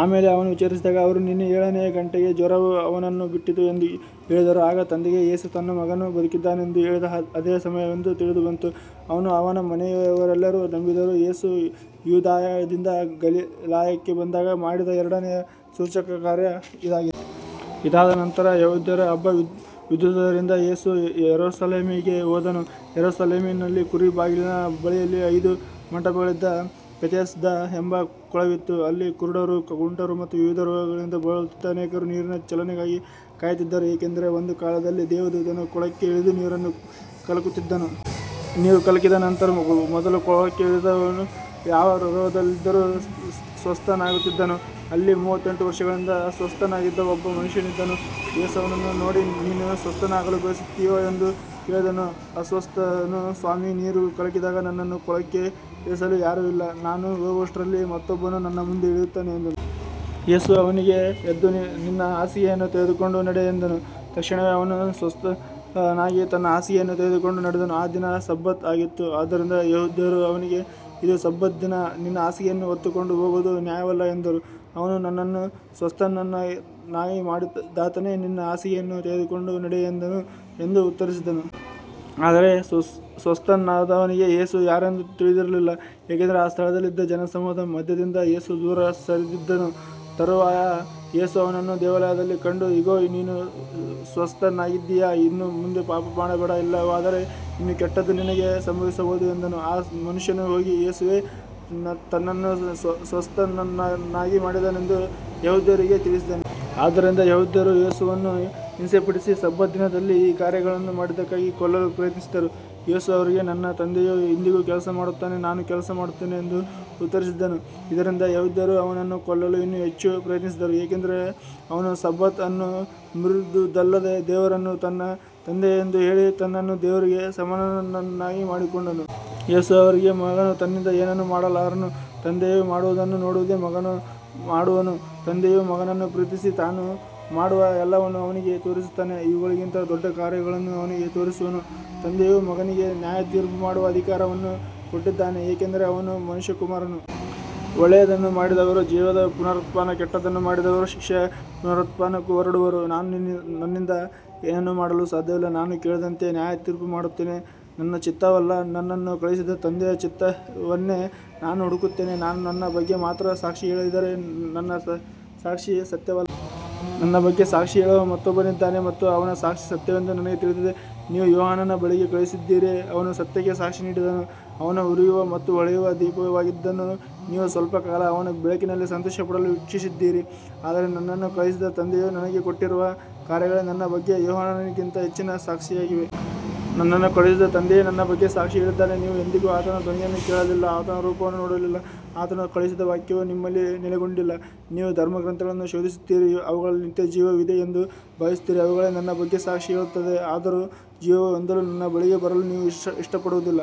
ಆಮೇಲೆ ಅವನು ವಿಚಾರಿಸಿದಾಗ ಅವರು, ನಿನ್ನೆ ಏಳನೆಯ ಗಂಟೆಗೆ ಜ್ವರವು ಅವನನ್ನು ಬಿಟ್ಟಿತು ಎಂದು ಹೇಳಿದರು. ಆಗ ತಂದೆಗೆ ಯೇಸು ತನ್ನ ಮಗನು ಬದುಕಿದ್ದಾನೆಂದು ಹೇಳಿದ ಅದೇ ಸಮಯವೆಂದು ತಿಳಿದುಬಂತು. ಅವನೂ ಅವನ ಮನೆಯವರೆಲ್ಲರೂ ನಂಬಿದರು. ಯೇಸು ಯೂದಾಯದಿಂದ ಗಲಿಲಾಯಕ್ಕೆ ಬಂದಾಗ ಮಾಡಿದ ಎರಡನೆಯ ಸೂಚಕಕಾರ್ಯ ಇದಾಗಿದೆ. ಇದಾದ ನಂತರ ಯೆಹೂದ್ಯರ ಹಬ್ಬವಿದ್ದುದರಿಂದ ಯೇಸು ಯೆರೂಸಲೇಮಿಗೆ ಹೋದನು. ಯೆರೂಸಲೇಮಿನಲ್ಲಿ ಕುರಿ ಬಾಗಿಲಿನ ಬಳಿಯಲ್ಲಿ ಐದು ಮಂಟಪಗಳಿದ್ದ ಬೆಥೆಸ್ದಾ ಎಂಬ ಕೊಳವಿತ್ತು. ಅಲ್ಲಿ ಕುರುಡರು, ಕುಂಟರು ಮತ್ತು ವಿವಿಧ ರೋಗಗಳಿಂದ ಬಳಲುತ್ತಿದ್ದ ಅನೇಕರು ನೀರಿನ ಚಲನೆಗಾಗಿ ಕಾಯುತ್ತಿದ್ದರು. ಏಕೆಂದರೆ ಒಂದು ಕಾಲದಲ್ಲಿ ದೇವದೂತನು ಕೊಳಕ್ಕೆ ಇಳಿದು ನೀರನ್ನು ಕಲಕುತ್ತಿದ್ದನು. ನೀರು ಕಲಕಿದ ನಂತರ ಮೊದಲು ಕೊಳಕ್ಕೆ ಇಳಿದವನು ಯಾವ ರೋಗದಲ್ಲಿದ್ದರೂ ಸ್ವಸ್ಥನಾಗುತ್ತಿದ್ದನು. ಅಲ್ಲಿ ಮೂವತ್ತೆಂಟು ವರ್ಷಗಳಿಂದ ಅಸ್ವಸ್ಥನಾಗಿದ್ದ ಒಬ್ಬ ಮನುಷ್ಯನಿದ್ದನು. ಯೇಸು ಅವನನ್ನು ನೋಡಿ, ನೀನು ಸ್ವಸ್ಥನಾಗಲು ಬಯಸುತ್ತೀಯೋ ಎಂದು ಕೇಳಿದನು. ಅಸ್ವಸ್ಥನು, ಸ್ವಾಮೀ, ನೀರು ಕಲಕಿದಾಗ ನನ್ನನ್ನು ಕೊಳಕ್ಕೆ ಇಳಿಸಲು ಯಾರೂ ಇಲ್ಲ. ನಾನು ಹೋಗುವಷ್ಟರಲ್ಲಿ ಮತ್ತೊಬ್ಬನು ನನ್ನ ಮುಂದೆ ಇಳಿಯುತ್ತಾನೆ ಎಂದನು. ಯೇಸು ಅವನಿಗೆ, ಎದ್ದು ನಿನ್ನ ಹಾಸಿಗೆಯನ್ನು ತೆಗೆದುಕೊಂಡು ನಡೆ ಎಂದನು. ತಕ್ಷಣವೇ ಅವನು ಸ್ವಸ್ಥನಾಗಿ ತನ್ನ ಹಾಸಿಗೆಯನ್ನು ತೆಗೆದುಕೊಂಡು ನಡೆದನು. ಆ ದಿನ ಸಬ್ಬತ್ ಆಗಿತ್ತು. ಆದ್ದರಿಂದ ಯೆಹೂದ್ಯರು ಅವನಿಗೆ, ಇದು ಸಬ್ಬತ್ ದಿನ, ನಿನ್ನ ಹಾಸಿಗೆಯನ್ನು ಹೊತ್ತುಕೊಂಡು ಹೋಗುವುದು ನ್ಯಾಯವಲ್ಲ ಎಂದರು. ಅವನು, ನನ್ನನ್ನು ಸ್ವಸ್ಥನನ್ನಾಗಿ ಮಾಡಿದಾತನೇ ನಿನ್ನ ಹಾಸಿಗೆಯನ್ನು ತೆಗೆದುಕೊಂಡು ನಡೆ ಎಂದನು ಎಂದು ಉತ್ತರಿಸಿದನು. ಆದರೆ ಸ್ವಸ್ಥನಾದವನಿಗೆ ಯೇಸು ಯಾರೆಂದು ತಿಳಿದಿರಲಿಲ್ಲ, ಏಕೆಂದರೆ ಆ ಸ್ಥಳದಲ್ಲಿದ್ದ ಜನಸಮೂಹದ ಮಧ್ಯದಿಂದ ಯೇಸು ದೂರ ಸರಿದಿದ್ದನು. ತರುವಾಯ ಯೇಸು ಅವನನ್ನು ದೇವಾಲಯದಲ್ಲಿ ಕಂಡು, ಇಗೋ, ನೀನು ಸ್ವಸ್ಥನಾಗಿದ್ದೀಯ, ಇನ್ನು ಮುಂದೆ ಪಾಪ ಮಾಡಬೇಡ, ಇಲ್ಲವಾದರೆ ಇನ್ನೂ ಕೆಟ್ಟದ್ದು ನಿನಗೆ ಸಂಭವಿಸಬಹುದು ಎಂದನು. ಆ ಮನುಷ್ಯನು ಹೋಗಿ ಯೇಸುವೇ ತನ್ನನ್ನು ಸ್ವಸ್ಥನನ್ನಾಗಿ ಮಾಡಿದನೆಂದು ಯೆಹೂದ್ಯರಿಗೆ ತಿಳಿಸಿದನು. ಆದ್ದರಿಂದ ಯೆಹೂದ್ಯರು ಯೇಸುವನ್ನು ಹಿಂಸೆಪಡಿಸಿ ಸಬ್ಬತ್ ದಿನದಲ್ಲಿ ಈ ಕಾರ್ಯಗಳನ್ನು ಮಾಡಿದ್ದಕ್ಕಾಗಿ ಕೊಲ್ಲಲು ಪ್ರಯತ್ನಿಸಿದರು. ಯೇಸು ಅವರಿಗೆ, ನನ್ನ ತಂದೆಯು ಇಂದಿಗೂ ಕೆಲಸ ಮಾಡುತ್ತಾನೆ, ನಾನೂ ಕೆಲಸ ಮಾಡುತ್ತೇನೆ ಎಂದು ಉತ್ತರಿಸಿದನು. ಇದರಿಂದ ಯೆಹೂದ್ಯರು ಅವನನ್ನು ಕೊಲ್ಲಲು ಇನ್ನೂ ಹೆಚ್ಚು ಪ್ರಯತ್ನಿಸಿದರು, ಏಕೆಂದರೆ ಅವನು ಸಬ್ಬತ್ ಅನ್ನು ಮುರಿದುದಲ್ಲದೆ ದೇವರನ್ನು ತನ್ನ ತಂದೆ ಎಂದು ಹೇಳಿ ತನ್ನನ್ನು ದೇವರಿಗೆ ಸಮಾನನನ್ನಾಗಿ ಮಾಡಿಕೊಂಡನು. ಯೇಸು ಅವರಿಗೆ, ಮಗನು ತನ್ನಿಂದ ಏನನ್ನೂ ಮಾಡಲಾರನು. ತಂದೆಯು ಮಾಡುವುದನ್ನು ನೋಡುವುದೇ ಮಗನು ಮಾಡುವನು. ತಂದೆಯು ಮಗನನ್ನು ಪ್ರೀತಿಸಿ ತಾನು ಮಾಡುವ ಎಲ್ಲವನ್ನೂ ಅವನಿಗೆ ತೋರಿಸುತ್ತಾನೆ. ಇವುಗಳಿಗಿಂತ ದೊಡ್ಡ ಕಾರ್ಯಗಳನ್ನೂ ಅವನಿಗೆ ತೋರಿಸುವನು. ತಂದೆಯು ಮಗನಿಗೆ ನ್ಯಾಯತೀರ್ಪು ಮಾಡುವ ಅಧಿಕಾರವನ್ನೂ ಕೊಟ್ಟಿದ್ದಾನೆ, ಏಕೆಂದರೆ ಅವನು ಮನುಷ್ಯಕುಮಾರನು. ಒಳ್ಳೆಯದನ್ನು ಮಾಡಿದವರು ಜೀವದ ಪುನರುತ್ಥಾನಕ್ಕೂ ಕೆಟ್ಟದ್ದನ್ನು ಮಾಡಿದವರು ಶಿಕ್ಷೆಯ ಪುನರುತ್ಥಾನಕ್ಕೂ ಹೊರಡುವರು. ನಾನು ನನ್ನಿಂದ ಏನನ್ನೂ ಮಾಡಲು ಸಾಧ್ಯವಿಲ್ಲ. ನಾನು ಕೇಳಿದಂತೆ ನ್ಯಾಯತೀರ್ಪು ಮಾಡುತ್ತೇನೆ. ನನ್ನ ಚಿತ್ತವಲ್ಲ, ನನ್ನನ್ನು ಕಳುಹಿಸಿದ ತಂದೆಯ ಚಿತ್ತವನ್ನೇ ನಾನು ಹುಡುಕುತ್ತೇನೆ. ನಾನು ನನ್ನ ಬಗ್ಗೆ ಮಾತ್ರ ಸಾಕ್ಷಿ ಹೇಳಿದರೆ ನನ್ನ ಸಾಕ್ಷಿ ಸತ್ಯವಲ್ಲ. ನನ್ನ ಬಗ್ಗೆ ಸಾಕ್ಷಿ ಹೇಳುವ ಮತ್ತೊಬ್ಬನಿದ್ದಾನೆ ಮತ್ತು ಅವನ ಸಾಕ್ಷಿ ಸತ್ಯವೆಂದು ನನಗೆ ತಿಳಿದಿದೆ. ನೀವು ಯೋಹಾನನ ಬಳಿಗೆ ಕಳುಹಿಸಿದ್ದೀರಿ, ಅವನು ಸತ್ಯಕ್ಕೆ ಸಾಕ್ಷಿ ನೀಡಿದನು. ಅವನು ಉರಿಯುವ ಮತ್ತು ಹೊಳೆಯುವ ದೀಪವಾಗಿದ್ದನು, ನೀವು ಸ್ವಲ್ಪಕಾಲ ಅವನ ಬೆಳಕಿನಲ್ಲಿ ಸಂತೋಷಪಡಲು ಇಚ್ಛಿಸಿದ್ದಿರಿ. ಆದರೆ ನನ್ನನ್ನು ಕಳುಹಿಸಿದ ತಂದೆಯು ನನಗೆ ಕೊಟ್ಟಿರುವ ಕಾರ್ಯಗಳೇ ನನ್ನ ಬಗ್ಗೆ ಯೋಹಾನನಿಗಿಂತ ಹೆಚ್ಚಿನ ಸಾಕ್ಷಿಯಾಗಿವೆ. ನನ್ನನ್ನು ಕಳುಹಿಸಿದ ತಂದೆಯೇ ನನ್ನ ಬಗ್ಗೆ ಸಾಕ್ಷಿ ಹೇಳಿದ್ದಾನೆ. ನೀವು ಎಂದಿಗೂ ಆತನ ಧ್ವನಿಯನ್ನು ಕೇಳಲಿಲ್ಲ, ಆತನ ರೂಪವನ್ನು ನೋಡಲಿಲ್ಲ. ಆತನು ಕಳುಹಿಸಿದ ವಾಕ್ಯವು ನಿಮ್ಮಲ್ಲಿ ನೆಲೆಗೊಂಡಿಲ್ಲ. ನೀವು ಧರ್ಮಗ್ರಂಥಗಳನ್ನು ಶೋಧಿಸುತ್ತೀರಿ, ಅವುಗಳಲ್ಲಿ ನಿತ್ಯಜೀವವಿದೆ ಎಂದು ಭಾವಿಸುತ್ತೀರಿ. ಅವುಗಳೇ ನನ್ನ ಬಗ್ಗೆ ಸಾಕ್ಷಿ ಹೇಳುತ್ತವೆ, ಆದರೂ ಜೀವವನ್ನು ಹೊಂದಲು ನನ್ನ ಬಳಿಗೆ ಬರಲು ನೀವು ಇಷ್ಟಪಡುವುದಿಲ್ಲ.